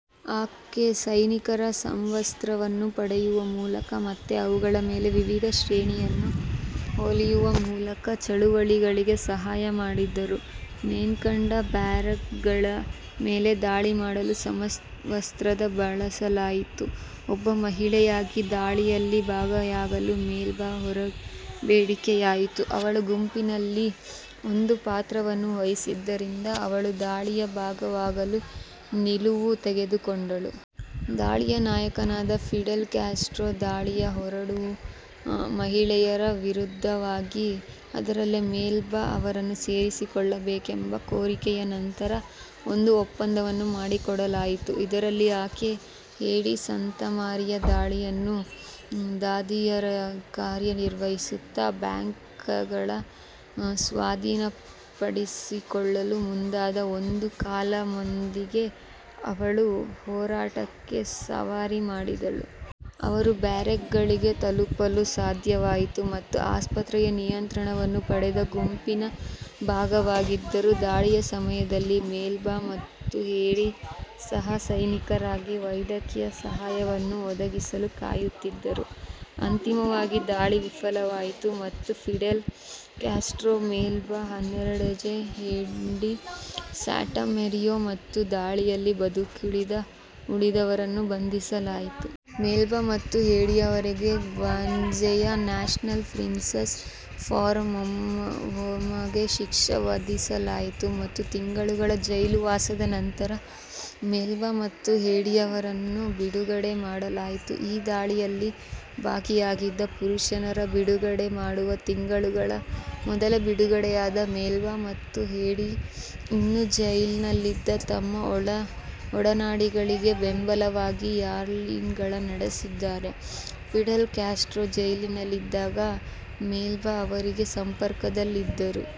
ಆಕೆ ಸೈನಿಕರ ಸಮವಸ್ತ್ರವನ್ನು ಪಡೆಯುವ ಮೂಲಕ ಮತ್ತು ಅವುಗಳ ಮೇಲೆ ವಿವಿಧ ಶ್ರೇಣಿಗಳನ್ನು ಹೊಲಿಯುವ ಮೂಲಕ ಚಳುವಳಿಗೆ ಸಹಾಯ ಮಾಡಿದರು. ಮೊನ್ಕಾಡಾ ಬ್ಯಾರಕ್ಗಳ ಮೇಲೆ ದಾಳಿ ಮಾಡಲು ಸಮವಸ್ತ್ರಗಳನ್ನು ಬಳಸಲಾಯಿತು. ಒಬ್ಬ ಮಹಿಳೆಯಾಗಿ, ದಾಳಿಯಲ್ಲಿ ಭಾಗಿಯಾಗಲು ಮೆಲ್ಬಾ ಹೋರಾಡಬೇಕಾಯಿತು, ಅವಳು ಗುಂಪಿನಲ್ಲಿ ಒಂದು ಪಾತ್ರವನ್ನು ವಹಿಸಿದ್ದರಿಂದ ಅವಳು ದಾಳಿಯ ಭಾಗವಾಗಲು ನಿಲುವು ತೆಗೆದುಕೊಂಡಳು. ದಾಳಿಯ ನಾಯಕನಾದ ಫಿಡೆಲ್ ಕ್ಯಾಸ್ಟ್ರೋ, ದಾಳಿಯಲ್ಲಿ ಹೋರಾಡುತ್ತಿದ್ದ ಮಹಿಳೆಯರ ವಿರುದ್ಧವಾಗಿದ್ದನು, ಆದರೆ ಮೆಲ್ಬಾ ಅವರನ್ನು ಸೇರಿಸಿಕೊಳ್ಳಬೇಕೆಂಬ ಕೋರಿಕೆಯ ನಂತರ, ಒಂದು ಒಪ್ಪಂದವನ್ನು ಮಾಡಿಕೊಳ್ಳಲಾಯಿತು, ಇದರಲ್ಲಿ ಆಕೆ ಮತ್ತು ಹೇಡೀ ಸಾಂತಾಮಾರಿಯಾ ದಾಳಿಯಲ್ಲಿ ದಾದಿಯರಾಗಿ ಕಾರ್ಯನಿರ್ವಹಿಸುತ್ತಾರೆ. ಬ್ಯಾರಕ್ಗಳನ್ನು ಸ್ವಾಧೀನಪಡಿಸಿಕೊಳ್ಳಲು ಮುಂದಾದ ಒಂದು ಕಾಲಮ್ನೊಂದಿಗೆ ಅವಳು ಹೋರಾಟಕ್ಕೆ ಸವಾರಿ ಮಾಡಿದಳು. ಅವರು ಬ್ಯಾರಕ್ಗಳಿಗೆ ತಲುಪಲು ಸಾಧ್ಯವಾಯಿತು ಮತ್ತು ಆಸ್ಪತ್ರೆಯ ನಿಯಂತ್ರಣವನ್ನು ಪಡೆದ ಗುಂಪಿನ ಭಾಗವಾಗಿದ್ದರು. ದಾಳಿಯ ಸಮಯದಲ್ಲಿ, ಮೆಲ್ಬಾ ಮತ್ತು ಹೇಡಿ ಸಹ ಸೈನಿಕರಿಗೆ ವೈದ್ಯಕೀಯ ಸಹಾಯವನ್ನು ಒದಗಿಸಲು ಕಾಯುತ್ತಿದ್ದರು. ಅಂತಿಮವಾಗಿ ದಾಳಿ ವಿಫಲವಾಯಿತು ಮತ್ತು Fidel Castro, Melba Hernandez, Haydee Santamaria ಮತ್ತು ದಾಳಿಯಲ್ಲಿ ಬದುಕುಳಿದ ಉಳಿದವರನ್ನು ಬಂಧಿಸಲಾಯಿತು. ಮೆಲ್ಬಾ ಮತ್ತು ಹೇಡಿಯವರಿಗೆ ಗ್ವಾನಾಜೆಯ ನ್ಯಾಷನಲ್ ಪ್ರಿಸನ್ ಫಾರ್ ವುಮೆನ್ಗೆ ಶಿಕ್ಷೆ ವಿಧಿಸಲಾಯಿತು ಮತ್ತು ತಿಂಗಳ ಜೈಲುವಾಸದ ನಂತರ ಮೆಲ್ಬಾ ಮತ್ತು ಹೇಡಿಯವರನ್ನು ಬಿಡುಗಡೆ ಮಾಡಲಾಯಿತು. ಈ ದಾಳಿಯಲ್ಲಿ ಭಾಗಿಯಾಗಿದ್ದ ಪುರುಷರನ್ನು ಬಿಡುಗಡೆ ಮಾಡುವ ತಿಂಗಳುಗಳ ಮೊದಲು ಬಿಡುಗಡೆಯಾದ ಮೆಲ್ಬಾ ಮತ್ತು ಹೇಡೀ, ಇನ್ನೂ ಜೈಲಿನಲ್ಲಿದ್ದ ತಮ್ಮ ಒಡನಾಡಿಗಳಿಗೆ ಬೆಂಬಲವಾಗಿ ರ್ಯಾಲಿಗಳನ್ನು ನಡೆಸಿದರು. ಫಿಡೆಲ್ ಕ್ಯಾಸ್ಟ್ರೊ ಜೈಲಿನಲ್ಲಿದ್ದಾಗ ಮೆಲ್ಬಾ ಅವರೊಂದಿಗೆ ಸಂಪರ್ಕದಲ್ಲಿದ್ದರು